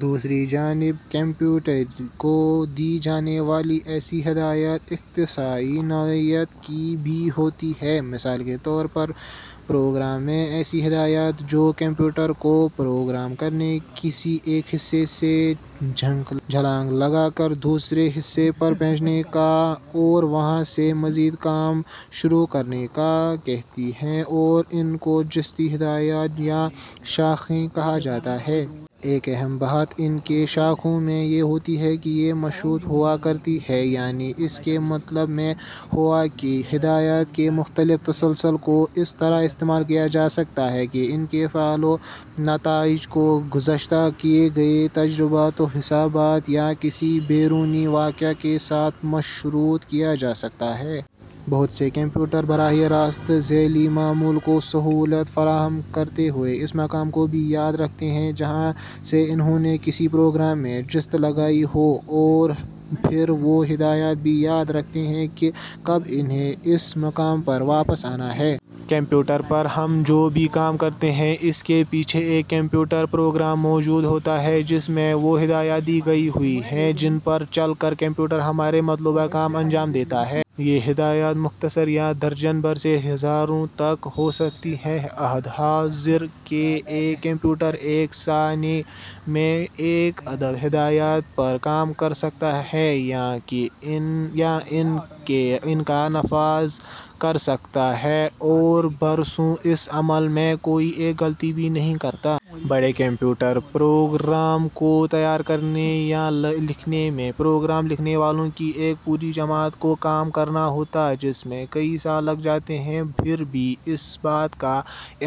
دوسری جانب کمپیوٹر کو دی جانے والی ایسی ہدایات اختصاصی نوعیت کی بھی ہوتی ہیں۔ مثال کے طور پر پروگرام میں ایسی ہدایات جو کمپیوٹر کو پروگرام کے کسی ایک حصے سے چھلانگ لگا کر دوسرے حصے پر پہنچنے کا اور وہاں سے مزید کام شروع کرنے کا کہتی ہیں، ان کو جستی ہدایات یا شاخیں کہا جاتا ہے۔ ایک اہم بات ان شاخوں میں یہ ہوتی ہے کہ یہ مشروط ہوا کرتی ہیں، یعنی اس کا مطلب یہ ہوا کہ ہدایات کے مختلف تسلسل کو اس طرح استعمال کیا جا سکتا ہے کہ ان کے فعل و نتائج کو گزشتہ کیے گئے تجزیات و حسابات یا کسی بیرونی واقعہ کے ساتھ مشروط کیا جا سکتا ہے۔ بہت سے کمپیوٹر براہِ راست ذیلی معمول کو سہولت فراہم کرتے ہوئے اس مقام کو بھی یاد رکھتے ہیں جہاں سے انھوں نے کسی پروگرام میں جست لگائی ہو، اور پھر وہ ہدایت بھی یاد رکھتے ہیں کہ کب انھیں اس مقام پر واپس آنا ہے۔ کمپیوٹر پر ہم جو بھی کام کرتے ہیں، اس کے پیچھے ایک کمپیوٹر پروگرام موجود ہوتا ہے جس میں وہ ہدایات دی گئی ہوتی ہیں جن پر چل کر کمپیوٹر ہمارے مطلوبہ کام انجام دیتا ہے۔ یہ ہدایات مختصر یا درجن بھر سے ہزاروں تک ہو سکتی ہیں۔ عہد حاضر کا ایک کمپیوٹر ایک ثانیے میں ایک ارب ہدایات پر کام کر سکتا ہے یا ان کا نفاذ کر سکتا ہے، اور برسوں اس عمل میں کوئی ایک غلطی بھی نہیں کرتا۔ بڑے کمپیوٹر پروگرام کو تیار کرنے یا لکھنے میں پروگرام لکھنے والوں کی ایک پوری جماعت کو کام کرنا ہوتا ہے، جس میں کئی سال لگ جاتے ہیں۔ پھر بھی اس بات کا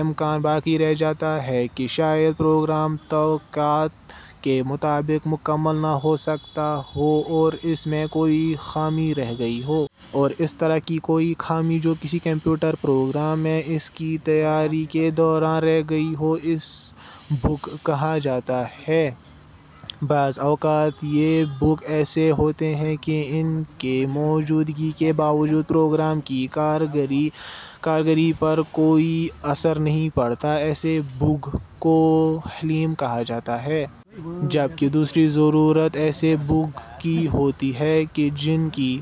امکان باقی رہ جاتا ہے کہ شاید پروگرام توقعات کے مطابق مکمل نہ ہو سکا ہو اور اس میں کوئی خامی رہ گئی ہو۔ اور اس طرح کی کوئی خامی جو کسی کمپیوٹر پروگرام میں اس کی تیاری کے دوران رہ گئی ہو، اسے بگ کہا جاتا ہے۔ بعض اوقات یہ بگ ایسے ہوتے ہیں کہ ان کی موجودگی کے باوجود پروگرام کی کارکردگی پر کوئی اثر نہیں پڑتا، ایسے بگ کو حلیم کہا جاتا ہے۔ جبکہ دوسری صورت ایسے بگ کی ہوتی ہے کہ جن کی...